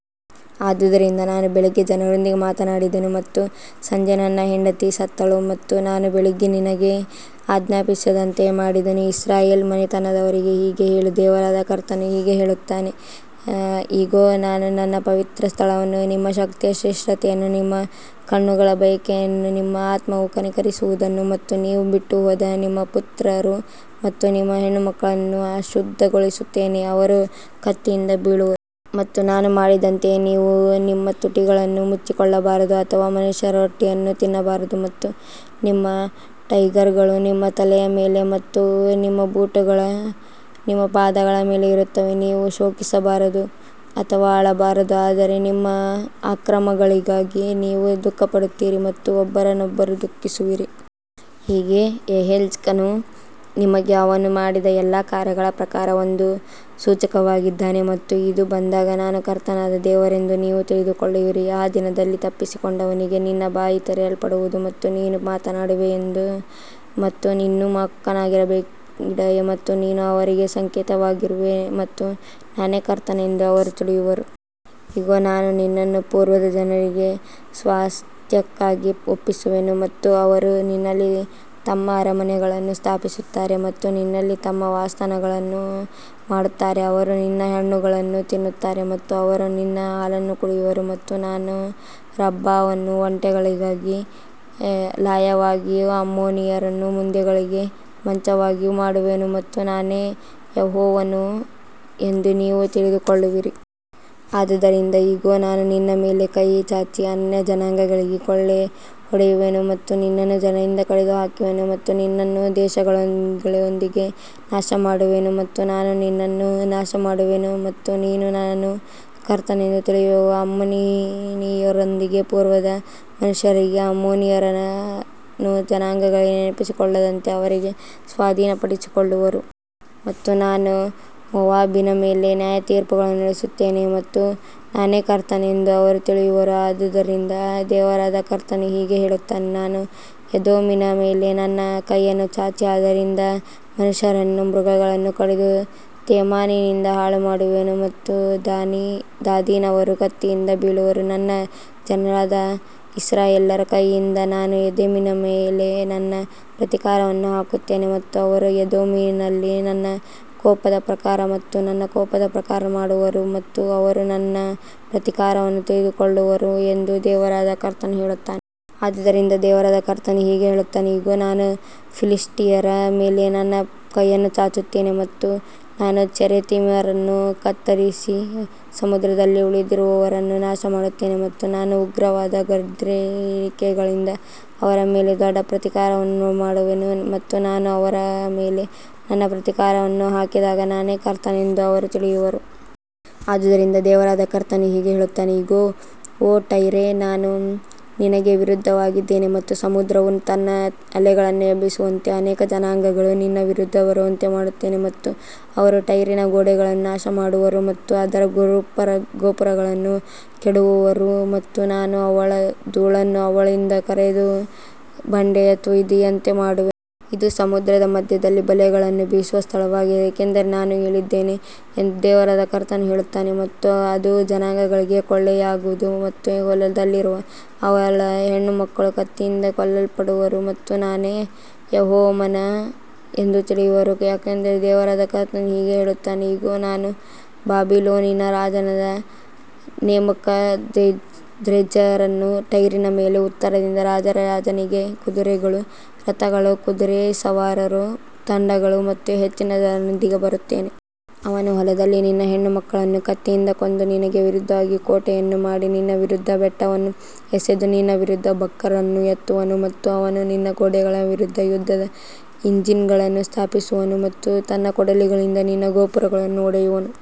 ಆದುದರಿಂದ ನಾನು ಬೆಳಿಗ್ಗೆ ಜನರೊಂದಿಗೆ ಮಾತನಾಡಿದೆನು ಮತ್ತು ಸಂಜೆ ನನ್ನ ಹೆಂಡತಿ ಸತ್ತಳು ಮತ್ತು ನಾನು ಬೆಳಿಗ್ಗೆ ನನಗೆ ಆಜ್ಞಾಪಿಸಿದಂತೆಯೇ ಮಾಡಿದೆನು. ಇಸ್ರಾಯೇಲ್ ಮನೆತನದವರಿಗೆ ಹೀಗೆ ಹೇಳು, ದೇವರಾದ ಕರ್ತನು ಹೀಗೆ ಹೇಳುತ್ತಾನೆ, ಇಗೋ, ನಾನು ನನ್ನ ಪವಿತ್ರ ಸ್ಥಳವನ್ನು, ನಿಮ್ಮ ಶಕ್ತಿಯ ಶ್ರೇಷ್ಠತೆಯನ್ನು, ನಿಮ್ಮ ಕಣ್ಣುಗಳ ಬಯಕೆಯನ್ನು, ನಿಮ್ಮ ಆತ್ಮವು ಕನಿಕರಿಸುವುದನ್ನು ಮತ್ತು ನೀವು ಬಿಟ್ಟುಹೋದ ನಿಮ್ಮ ಪುತ್ರರು ಮತ್ತು ನಿಮ್ಮ ಹೆಣ್ಣುಮಕ್ಕಳನ್ನು ಅಶುದ್ಧಗೊಳಿಸುತ್ತೇನೆ, ಅವರು ಕತ್ತಿಯಿಂದ ಬೀಳುವರು. ಮತ್ತು ನಾನು ಮಾಡಿದಂತೆಯೇ ನೀವು ನಿಮ್ಮ ತುಟಿಗಳನ್ನು ಮುಚ್ಚಿಕೊಳ್ಳಬಾರದು ಅಥವಾ ಮನುಷ್ಯರ ರೊಟ್ಟಿಯನ್ನು ತಿನ್ನಬಾರದು ಮತ್ತು ನಿಮ್ಮ ಟೈರ್ಗಳು ನಿಮ್ಮ ತಲೆಯ ಮೇಲೆ ಮತ್ತು ನಿಮ್ಮ ಬೂಟುಗಳು ನಿಮ್ಮ ಪಾದಗಳ ಮೇಲೆ ಇರುತ್ತವೆ, ನೀವು ಶೋಕಿಸಬಾರದು ಅಥವಾ ಅಳಬಾರದು, ಆದರೆ ನಿಮ್ಮ ಅಕ್ರಮಗಳಿಗಾಗಿ ನೀವು ದುಃಖಪಡುತ್ತೀರಿ ಮತ್ತು ಒಬ್ಬರನ್ನೊಬ್ಬರು ದುಃಖಿಸುವಿರಿ. ಹೀಗೆ ಯೆಹೆಜ್ಕೇಲನು ನಿಮಗೆ ಅವನು ಮಾಡಿದ ಎಲ್ಲಾ ಕಾರ್ಯಗಳ ಪ್ರಕಾರ ಒಂದು ಸೂಚಕವಾಗಿದ್ದಾನೆ ಮತ್ತು ಇದು ಬಂದಾಗ ನಾನು ಕರ್ತನಾದ ದೇವರೆಂದು ನೀವು ತಿಳಿದುಕೊಳ್ಳುವಿರಿ. ಆ ದಿನದಲ್ಲಿ ತಪ್ಪಿಸಿಕೊಂಡವನಿಗೆ ನಿನ್ನ ಬಾಯಿ ತೆರೆಯಲ್ಪಡುವುದು ಮತ್ತು ನೀನು ಮಾತನಾಡುವೆ ಮತ್ತು ಇನ್ನು ಮೂಕನಾಗಿರಬೇಡ ಮತ್ತು ನೀನು ಅವರಿಗೆ ಸಂಕೇತವಾಗಿರುವೆ ಮತ್ತು ನಾನೇ ಕರ್ತನೆಂದು ಅವರು ತಿಳಿಯುವರು. ಇಗೋ, ನಾನು ನಿನ್ನನ್ನು ಪೂರ್ವದ ಜನರಿಗೆ ಸ್ವಾಸ್ತ್ಯಕ್ಕಾಗಿ ಒಪ್ಪಿಸುವೆನು ಮತ್ತು ಅವರು ನಿನ್ನಲ್ಲಿ ತಮ್ಮ ಅರಮನೆಗಳನ್ನು ಸ್ಥಾಪಿಸುತ್ತಾರೆ ಮತ್ತು ನಿನ್ನಲ್ಲಿ ತಮ್ಮ ವಾಸಸ್ಥಾನಗಳನ್ನು ಮಾಡುತ್ತಾರೆ, ಅವರು ನಿನ್ನ ಹಣ್ಣುಗಳನ್ನು ತಿನ್ನುತ್ತಾರೆ ಮತ್ತು ಅವರು ನಿನ್ನ ಹಾಲನ್ನು ಕುಡಿಯುವರು. ಮತ್ತು ನಾನು ರಬ್ಬಾವನ್ನು ಒಂಟೆಗಳಿಗೆ ಲಾಯವಾಗಿಯೂ ಅಮ್ಮೋನಿಯರನ್ನು ಮಂದೆಗಳಿಗೆ ಮಂಚವಾಗಿಯೂ ಮಾಡುವೆನು ಮತ್ತು ನಾನೇ ಯೆಹೋವನು ಎಂದು ನೀವು ತಿಳಿದುಕೊಳ್ಳುವಿರಿ. ಆದದರಿಂದ ಇಗೋ, ನಾನು ನಿನ್ನ ಮೇಲೆ ಕೈ ಚಾಚಿ ಅನ್ಯಜನಾಂಗಗಳಿಗೆ ಕೊಳ್ಳೆಹೊಡೆಯುವೆನು ಮತ್ತು ನಿನ್ನನ್ನು ಜನರಿಂದ ಕಡಿದುಹಾಕುವೆನು ಮತ್ತು ನಿನ್ನನ್ನು ದೇಶಗಳೊಳಗಿಂದ ನಾಶಮಾಡುವೆನು ಮತ್ತು ನಾನು ನಿನ್ನನ್ನು ನಾಶಮಾಡುವೆನು ಮತ್ತು ನೀನು ನಾನು ಕರ್ತನೆಂದು ತಿಳಿಯುವೆ. ಅಮ್ಮೋನಿಯರೊಂದಿಗೆ ಪೂರ್ವದ ಮನುಷ್ಯರಿಗೆ ಅಮ್ಮೋನಿಯರನ್ನು ಜನಾಂಗಗಳಲ್ಲಿ ನೆನಪಿಸಿಕೊಳ್ಳದಂತೆ ಅವರಿಗೆ ಸ್ವಾಧೀನಪಡಿಸಿಕೊಳ್ಳುವರು. ಮತ್ತು ನಾನು ಮೋವಾಬಿನ ಮೇಲೆ ನ್ಯಾಯತೀರ್ಪುಗಳನ್ನು ನಡೆಸುತ್ತೇನೆ ಮತ್ತು ನಾನೇ ಕರ್ತನೆಂದು ಅವರು ತಿಳಿಯುವರು. ಆದದರಿಂದ ದೇವರಾದ ಕರ್ತನು ಹೀಗೆ ಹೇಳುತ್ತಾನೆ, ನಾನು ಎದೋಮಿನ ಮೇಲೆ ನನ್ನ ಕೈಯನ್ನು ಚಾಚಿ ಅದರಿಂದ ಮನುಷ್ಯರನ್ನೂ ಮೃಗಗಳನ್ನೂ ಕಡಿದು ತೇಮಾನಿನಿಂದ ಹಾಳುಮಾಡುವೆನು ಮತ್ತು ದೇದಾನಿನವರು ಕತ್ತಿಯಿಂದ ಬೀಳುವರು. ನನ್ನ ಜನರಾದ ಇಸ್ರಾಯೇಲ್ಯರ ಕೈಯಿಂದ ನಾನು ಎದೋಮಿನ ಮೇಲೆ ನನ್ನ ಪ್ರತೀಕಾರವನ್ನು ಹಾಕುತ್ತೇನೆ ಮತ್ತು ಅವರು ಎದೋಮಿನಲ್ಲಿ ನನ್ನ ಕೋಪದ ಪ್ರಕಾರ ಮತ್ತು ನನ್ನ ಕೋಪದ ಪ್ರಕಾರ ಮಾಡುವರು ಮತ್ತು ಅವರು ನನ್ನ ಪ್ರತೀಕಾರವನ್ನು ತಿಳಿದುಕೊಳ್ಳುವರು ಎಂದು ದೇವರಾದ ಕರ್ತನು ಹೇಳುತ್ತಾನೆ. ಆದದರಿಂದ ದೇವರಾದ ಕರ್ತನು ಹೀಗೆ ಹೇಳುತ್ತಾನೆ, ಇಗೋ, ನಾನು ಫಿಲಿಷ್ಟಿಯರ ಮೇಲೆ ನನ್ನ ಕೈಯನ್ನು ಚಾಚುತ್ತೇನೆ ಮತ್ತು ನಾನು ಚೆರೆಥಿಮರನ್ನು ಕತ್ತರಿಸಿ ಸಮುದ್ರತೀರದಲ್ಲಿ ಉಳಿದಿರುವವರನ್ನು ನಾಶಮಾಡುತ್ತೇನೆ. ಮತ್ತು ನಾನು ಉಗ್ರವಾದ ಗದರಿಕೆಗಳಿಂದ ಅವರ ಮೇಲೆ ದೊಡ್ಡ ಪ್ರತೀಕಾರವನ್ನು ಮಾಡುವೆನು ಮತ್ತು ನಾನು ಅವರ ಮೇಲೆ ನನ್ನ ಪ್ರತೀಕಾರವನ್ನು ಹಾಕಿದಾಗ ನಾನೇ ಕರ್ತನೆಂದು ಅವರು ತಿಳಿಯುವರು. ಆದದರಿಂದ ದೇವರಾದ ಕರ್ತನು ಹೀಗೆ ಹೇಳುತ್ತಾನೆ, ಇಗೋ, ಓ ಟೈರೇ, ನಾನು ನಿನಗೆ ವಿರುದ್ಧವಾಗಿದ್ದೇನೆ ಮತ್ತು ಸಮುದ್ರವು ತನ್ನ ಅಲೆಗಳನ್ನು ಎಬ್ಬಿಸುವಂತೆ ಅನೇಕ ಜನಾಂಗಗಳು ನಿನ್ನ ವಿರುದ್ಧ ಬರುವಂತೆ ಮಾಡುತ್ತೇನೆ ಮತ್ತು ಅವರು ಟೈರಿನ ಗೋಡೆಗಳನ್ನು ನಾಶಮಾಡುವರು ಮತ್ತು ಅದರ ಗೋಪುರಗಳನ್ನು ಕೆಡವುವರು ಮತ್ತು ನಾನು ಅವಳ ಧೂಳನ್ನು ಅವಳಿಂದ ಕೆರೆದು ಬಂಡೆಯ ತುದಿಯಂತೆ ಮಾಡುವೆನು. ಇದು ಸಮುದ್ರದ ಮಧ್ಯದಲ್ಲಿ ಬಲೆಗಳನ್ನು ಬೀಸುವ ಸ್ಥಳವಾಗಿದೆ, ಏಕೆಂದರೆ ನಾನು ಹೇಳಿದ್ದೇನೆ ಎಂದು ದೇವರಾದ ಕರ್ತನು ಹೇಳುತ್ತಾನೆ ಮತ್ತು ಅದು ಜನಾಂಗಗಳಿಗೆ ಕೊಳ್ಳೆಯಾಗುವುದು ಮತ್ತು ಹೊಲದಲ್ಲಿರುವ ಅವಳ ಹೆಣ್ಣುಮಕ್ಕಳು ಕತ್ತಿಯಿಂದ ಕೊಲ್ಲಲ್ಪಡುವರು ಮತ್ತು ನಾನೇ ಯೆಹೋವನು ಎಂದು ತಿಳಿಯುವರು. ಯಾಕಂದರೆ ದೇವರಾದ ಕರ್ತನು ಹೀಗೆ ಹೇಳುತ್ತಾನೆ, ಇಗೋ, ನಾನು ಬಾಬಿಲೋನಿನ ರಾಜನಾದ ನೆಬುಕದ್ರೆಜ್ಜರನನ್ನು, ಟೈರಿನ ಮೇಲೆ ಉತ್ತರದಿಂದ ರಾಜರ ರಾಜನಾಗಿ, ಕುದುರೆಗಳು, ರಥಗಳು, ಕುದುರೆಸವಾರರು, ತಂಡಗಳು ಮತ್ತು ಹೆಚ್ಚಿನ ಜನರೊಂದಿಗೆ ಬರುತ್ತೇನೆ. ಅವನು ಹೊಲದಲ್ಲಿ ನಿನ್ನ ಹೆಣ್ಣುಮಕ್ಕಳನ್ನು ಕತ್ತಿಯಿಂದ ಕೊಂದು ನಿನಗೆ ವಿರುದ್ಧವಾಗಿ ಕೋಟೆಯನ್ನು ಮಾಡಿ ನಿನ್ನ ವಿರುದ್ಧ ಬೆಟ್ಟವನ್ನು ಎಸೆದು ನಿನ್ನ ವಿರುದ್ಧ ಬಕ್ಕರ್ ಅನ್ನು ಎತ್ತುವನು. ಮತ್ತು ಅವನು ನಿನ್ನ ಗೋಡೆಗಳ ವಿರುದ್ಧ ಯುದ್ಧದ ಇಂಜಿನ್ಗಳನ್ನು ಸ್ಥಾಪಿಸುವನು ಮತ್ತು ತನ್ನ ಕೊಡಲಿಗಳಿಂದ ನಿನ್ನ ಗೋಪುರಗಳನ್ನು ಒಡೆಯುವನು.